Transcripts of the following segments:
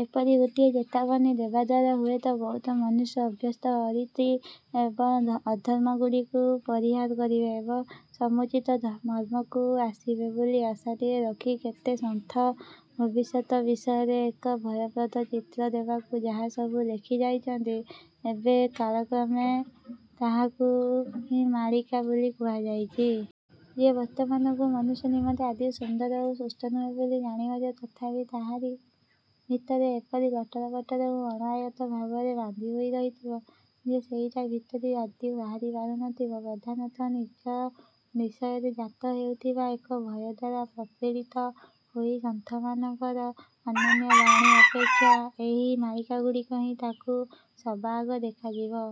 ଏପରି ଗୋଟିଏ ଚେତାବନୀ ଦେବାଦ୍ୱାରା ହୁଏତ ବହୁତ ମନୁଷ୍ୟ ଅଭ୍ୟସ୍ତ ଅରୀତି ଏବଂ ଧ ଅଧର୍ମଗୁଡ଼ିକୁ ପରିହାର କରିବେ ଏବଂ ସମୁଚିତ ଧ ମର୍ମକୁ ଆସିବେ ବୋଲି ଆଶାଟିଏ ରଖି କେତେ ସନ୍ଥ ଭବିଷ୍ୟତ ବିଷୟରେ ଏକ ଭୟପ୍ରଦ ଚିତ୍ର ଦେବାକୁ ଯାହାସବୁ ଲେଖି ଯାଇଛନ୍ତି ଏବେ କାଳକ୍ରମେ ତାହାକୁ ହିଁ ମାଳିକା ବୋଲି କୁହାଯାଇଚି। ଯିଏ ବର୍ତ୍ତମାନକୁ ମନୁଷ୍ୟ ନିମନ୍ତେ ଆଦୌ ସୁନ୍ଦର ଓ ସୁସ୍ଥ ନୁହେଁ ବୋଲି ଜାଣି ମଧ୍ୟ ତଥାପି ତାହାରି। ଭିତରେ ଏପରି ଲଟରପଟର ଓ ଅଣଆୟତ୍ତ ଭାବରେ ବାନ୍ଧି ହୋଇ ରହିଥିବ ଯିଏ ସେଇଟା ଭିତରେ ଆଦୌ ବାହାରି ପାରୁନଥିବ ପ୍ରଧାନତଃ ନିଜ ବିଷୟରେ ଜାତ ହେଉଥିବା ଏକ ଭୟ ଦ୍ଵାରା ପ୍ରପୀଡ଼ିତ ହୋଇ ସନ୍ଥମାନଙ୍କର ଅନ୍ୟାନ୍ୟ ବାଣୀ ଅପେକ୍ଷା ଏହି ମାଳିକାଗୁଡ଼ିକ ହିଁ ତାକୁ ସବାଆଗ ଦେଖାଯିବ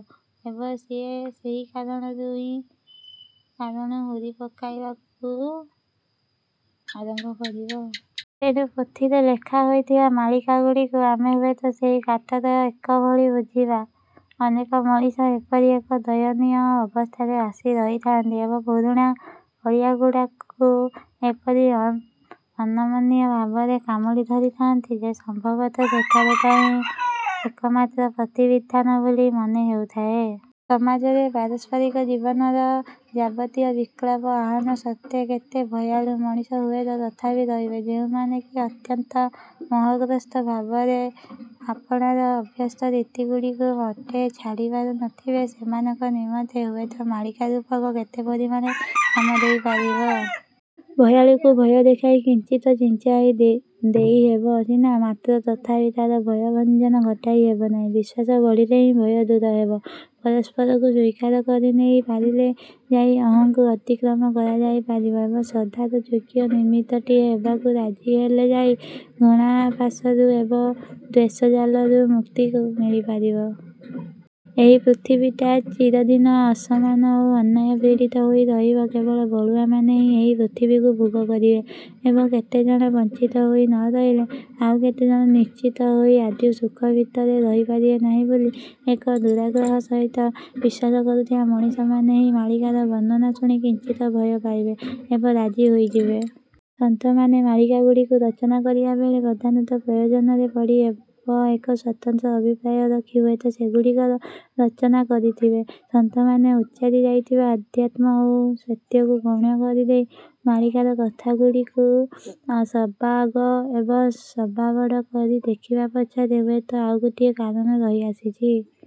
ଏବଂ ସିଏ ସେହି କାରଣରୁ ହିଁ କାରଣ ହୁରି ପକାଇବାକୁ ଆରମ୍ଭ କରିବ। ତେଣୁ ପୋଥିରେ ଲେଖା ହୋଇଥିବା ମାଳିକାଗୁଡ଼ିକୁ ଆମେ ହୁଏତ ସେହି କାଠର ଏକ ଭଳି ବୁଝିବା। ଅନେକ ମଣିଷ ଏପରି ଏକ ଦୟନୀୟ ଅବସ୍ଥାରେ ଆସି ରହିଥାନ୍ତି ଏବଂ ପୁରୁଣା ଅଳିଆଗୁଡ଼ାକୁ ଏପରି ଅ ଅନମନୀୟ ଭାବରେ କାମୁଡ଼ି ଧରିଥାନ୍ତି ଯେ ସମ୍ଭବତଃ ସେଠାରେ ଟା ହିଁ ଏକମାତ୍ର ପ୍ରତିବିଧାନ ବୋଲି ମନେହେଉଥାଏ। ସମାଜରେ, ପାରସ୍ପରିକ ଜୀବନର ଯାବତୀୟ ବିକଳ୍ପ ଆହ୍ୱାନ ସତ୍ତ୍ୱେ କେତେ ଭୟାଳୁ ମଣିଷ ହୁଏତ ତଥାପି ରହିବେ, ଯେଉଁମାନେ କି ଅତ୍ୟନ୍ତ ମୋହଗ୍ରସ୍ତ ଭାବରେ ଆପଣାର ଅଭ୍ୟସ୍ତ ରୀତିଗୁଡ଼ିକୁ ମୋଟେ ଛାଡ଼ିପାରୁ ନଥିବେ। ସେମାନଙ୍କ ନିମନ୍ତେ ହୁଏତ ମାଳିକା ରୂପକ କେତେ ପରିମାଣରେ କାମ ଦେଇପାରିବ। ଭୟାଳୁକୁ ଭୟ ଦେଖାଇ କିଞ୍ଚିତ୍ ଚିଞ୍ଚାଇଁ ଦେ ଦେଇହେବ ସିନା, ମାତ୍ର ତଥାପି ତାର ଭୟଭଞ୍ଜନ ଘଟାଇ ହେବନାହିଁ। ବିଶ୍ୱାସ ବଢ଼ିଲେ ହିଁ ଭୟ ଦୂର ହେବ, ପରସ୍ପରକୁ ସ୍ୱୀକାର କରିନେଇ ପାରିଲେ ଯାଇ ଅହଂକୁ ଅତିକ୍ରମ କରାଯାଇ ପାରିବ ଏବଂ ଶ୍ରଦ୍ଧାର ଯୋଗ୍ୟ ନିମିତ୍ତଟିଏ ହେବାକୁ ରାଜି ହେଲେ ଯାଇ ଘୃଣାପାଶରୁ ଏବଂ ଦ୍ୱେଷଜାଲରୁ ମୁକ୍ତି ହୋଉ ମିଳିପାରିବ। ଏହି ପୃଥିବୀଟା ଚିରଦିନ ଅସମାନ ଓ ଅନ୍ୟାୟପୀଡ଼ିତ ହୋଇ ରହିବ କେବଳ ବଳୁଆମାନେ ହିଁ ଏହି ପୃଥିବୀକୁ ଭୋଗ କରିବେ ଏବଂ କେତେଜଣ ବଂଚିତ ହୋଇ ନ ରହିଲେ ଆଉ କେତେଜଣ ନିଶ୍ଚିନ୍ତ ହୋଇ ଆଦୌ ସୁଖ ଭିତରେ ରହିପାରିବେ ନାହିଁ ବୋଲି ଏକ ଦୁରାଗ୍ରହ ସହିତ ବିଶ୍ଵାସ କରୁଥିବା ମଣିଷମାନେ ହିଁ ମାଳିକାର ବର୍ଣ୍ଣନା ଶୁଣି କିଞ୍ଚିତ୍ ଭୟ ପାଇବେ ଏବଂ ରାଜି ହୋଇଯିବେ। ସନ୍ଥମାନେ ମାଳିକାଗୁଡ଼ିକୁ ରଚନା କରିବାବେଳେ ପ୍ରଧାନତଃ ପ୍ରୟୋଜନରେ ପଡ଼ି ଏବ ଏକ ସ୍ଵତନ୍ତ୍ର ଅଭିପ୍ରାୟ ରଖି ହୁଏତ ସେଗୁଡ଼ିକର ରଚନା କରିଥିବେ। ସନ୍ଥମାନେ ଉଚ୍ଚାରି ଯାଇଥିବା ଅଧ୍ୟାତ୍ମ ଓ ସତ୍ୟକୁ ଗୌଣ କରିଦେଇ ମାଳିକାର କଥାଗୁଡ଼ିକୁ ସବାଆଗ ଏବଂ ସବାବଡ଼ କରି ଦେଖିବା ପଛରେ ହୁଏତ ଆଉ ଗୋଟିଏ କାରଣ ରହିଆସିଛି।